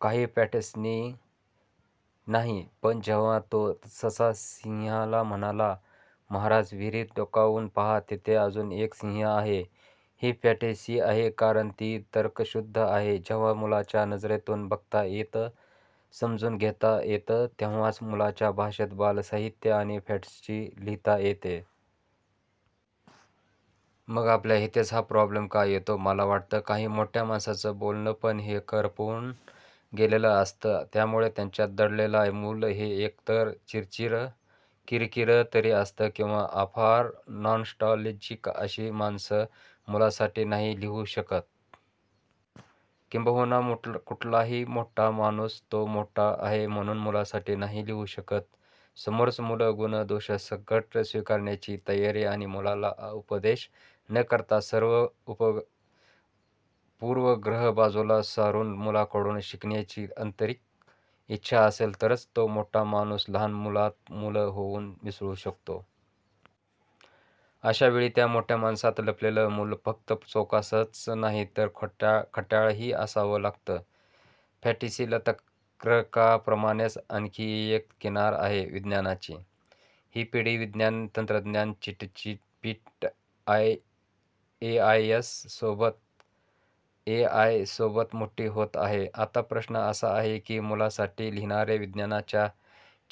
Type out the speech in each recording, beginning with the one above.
काही फॅंटसी नाही. पण जेव्हा तो ससा सिंहाला म्हणाला, 'महाराज विहिरीत डोकावून पाहा. तिथे अजून एक सिंह आहे. ' ही फॅंटसी आहे कारण ती तर्कशुध्द आहे. जेव्हा मुलाच्या नजरेतून बघता येतं, समजून घेता येतं तेव्हाच मुलांच्या भाषेत बालसाहित्य आणि फॅंटसी लिहिता येते. मग आपल्याइथेच हा प्रॉब्लेम का येतो. मला वाटतं, काही मोठ्या माणसंचं बालपण हे करपून गेलेलं असतं. त्यामुळे त्याच्यांत दडलेलं मूल हे एकतर चिरचिरं-किरकिरं तरी असतं किवा अपार नॉस्टॅलजिक. अशी माणसं मुलांसाठी नाही लिहू शकत. किंबहुना कुठलाही मोठा माणूस तो 'मोठा' आहे म्हणून मुलांसाठी नाही लिहू शकत. समोरचं मूल गूण-दोषासकट स्वीकारण्याची तयारी आणि मुलाला उपदेश न करता सर्व पूर्वग्रह बाजूला सारुन मुलाकडून शिकण्याची आंतरिक इच्छा असेल तरंच तो मोठा माणूस लहान मुलात, मूल होऊन मिसळू लागतो. अशावेळी त्या मोठ्या माणसात लपलेलं मूल फक्त चौकसंच नाही तर खट्याळ ही असावं लागतं. फॅंटसीला तर्काप्रमाणेच आणखी एक किनार आहे विज्ञानाची. ही पिढी विज्ञान तंत्रज्ञान, चॅटजिपीटी, एआय सोबत मोठी होत आहे. आता प्रश्न असा आहे की मुलांसाठी लिहिणारे विज्ञानाच्या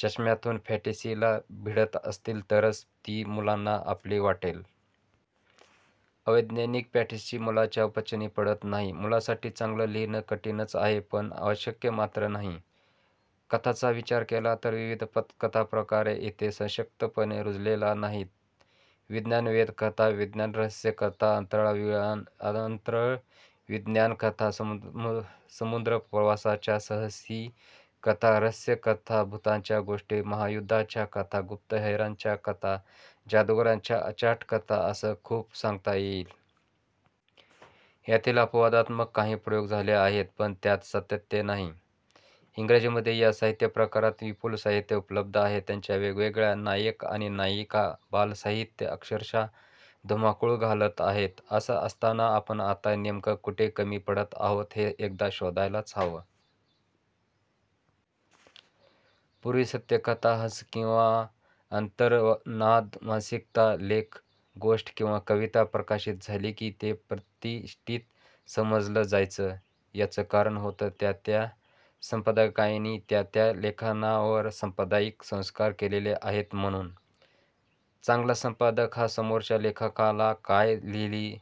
चष्म्यातून फॅंटसीला भिडत असतील तरच ती मुलांना आपली वाटेल. अवैज्ञानिक फॅंटसी मुलांच्या पचनी पडत नाही. मुलांसाठी चांगलं लिहिणं कठीणंच आहे पण अशक्य मात्र नाही. कथांचा विचार केला तर विविध कथाप्रकार इथे सशक्तपणे रुजलेच नाहीत. विज्ञान वेधकथा, विज्ञान रहस्यकथा, अंतराळविज्ञान कथा, समुद्रप्रवासाच्या साहसीकथा, रहस्यकथा, भुतांच्या गोष्टी, महायुध्दांच्या कथा, गुप्तहेरांच्या कथा, जादुगारांच्या अचाटकथा असं खूप सांगता येईल. यातील अपवादात्मक काही प्रयोग झाले आहेत पण त्यात सातत्य नाही. इंग्रजीमधे या साहित्यप्रकारात विपूल साहित्य उपलब्ध आहे. त्यांच्या वेगवेगळे नायक आणि नायिका बालसाहित्यात अक्षरश: धुमाकूळ घालत आहेत. असं असताना आपण आत्ता नेमकं कुठे कमी पडत आहोत हे एकदा शोधायलाच हवं. पूर्वी सत्यकथा, हंस किंवा अंतर्नाद मासिकात लेख, गोष्ट किंवा कविता प्रकाशित झाली की ते प्रतिष्टीत समजलं जायचं. याचं कारण होतं त्या-त्या संपादकानी त्या-त्या लेखनावर संपादकीय संस्कार केलेले आहेत म्हणून. चांगला संपादक हा समोरच्या लेखकाला 'काय लिही'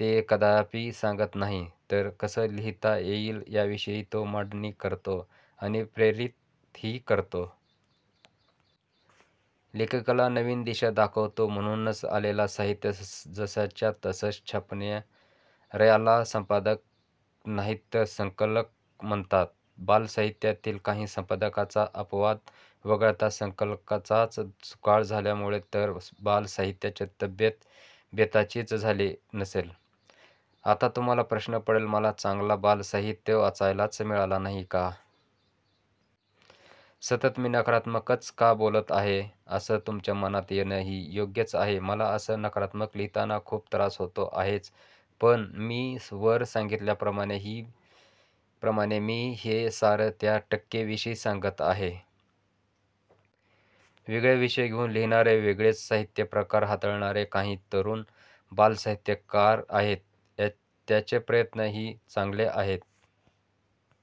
ते कदापी सांगत नाही, तर 'कसं लिहिता येईल' याविषयी तो मांडणी करतो आणि प्रेरित ही करतो. लेखकाला नवीन दिशा दाखवतो. म्हणूनच आलेलं साहित्य जसंच्या तसं छापणार्याला संपादक नाहीतर संकलक म्हणतात. बालसाहित्यातील काही संपादकांचा अपवाद वगळता संकलकांचाच सुकाळ झाल्यामुळे तर बालसाहित्याची तब्येत बेताचीच झाली नसेल? आता तुम्हाला प्रश्न पडेल, 'मला चांगलं बालसाहित्य वाचायलाच मिळालं नाही का? सतत मी नकारात्मकच का बोलत आहे? ' असं तुमच्या मनात येणं हे योग्यच आहे. मला असं नकारात्मक लिहिताना खूप त्रास होतो आहेच. पण मी वर सांगितल्याप्रमाणे मी हे सारं त्या टक्कें विषयी सांगत आहे. वेगळे विषय घेऊन लिहिणारे, वेगळाच साहित्यप्रकार हाताळणारे काही तरुण बालसाहित्यकार आहेत. त्यांचे प्रयत्न ही चांगले आहेत.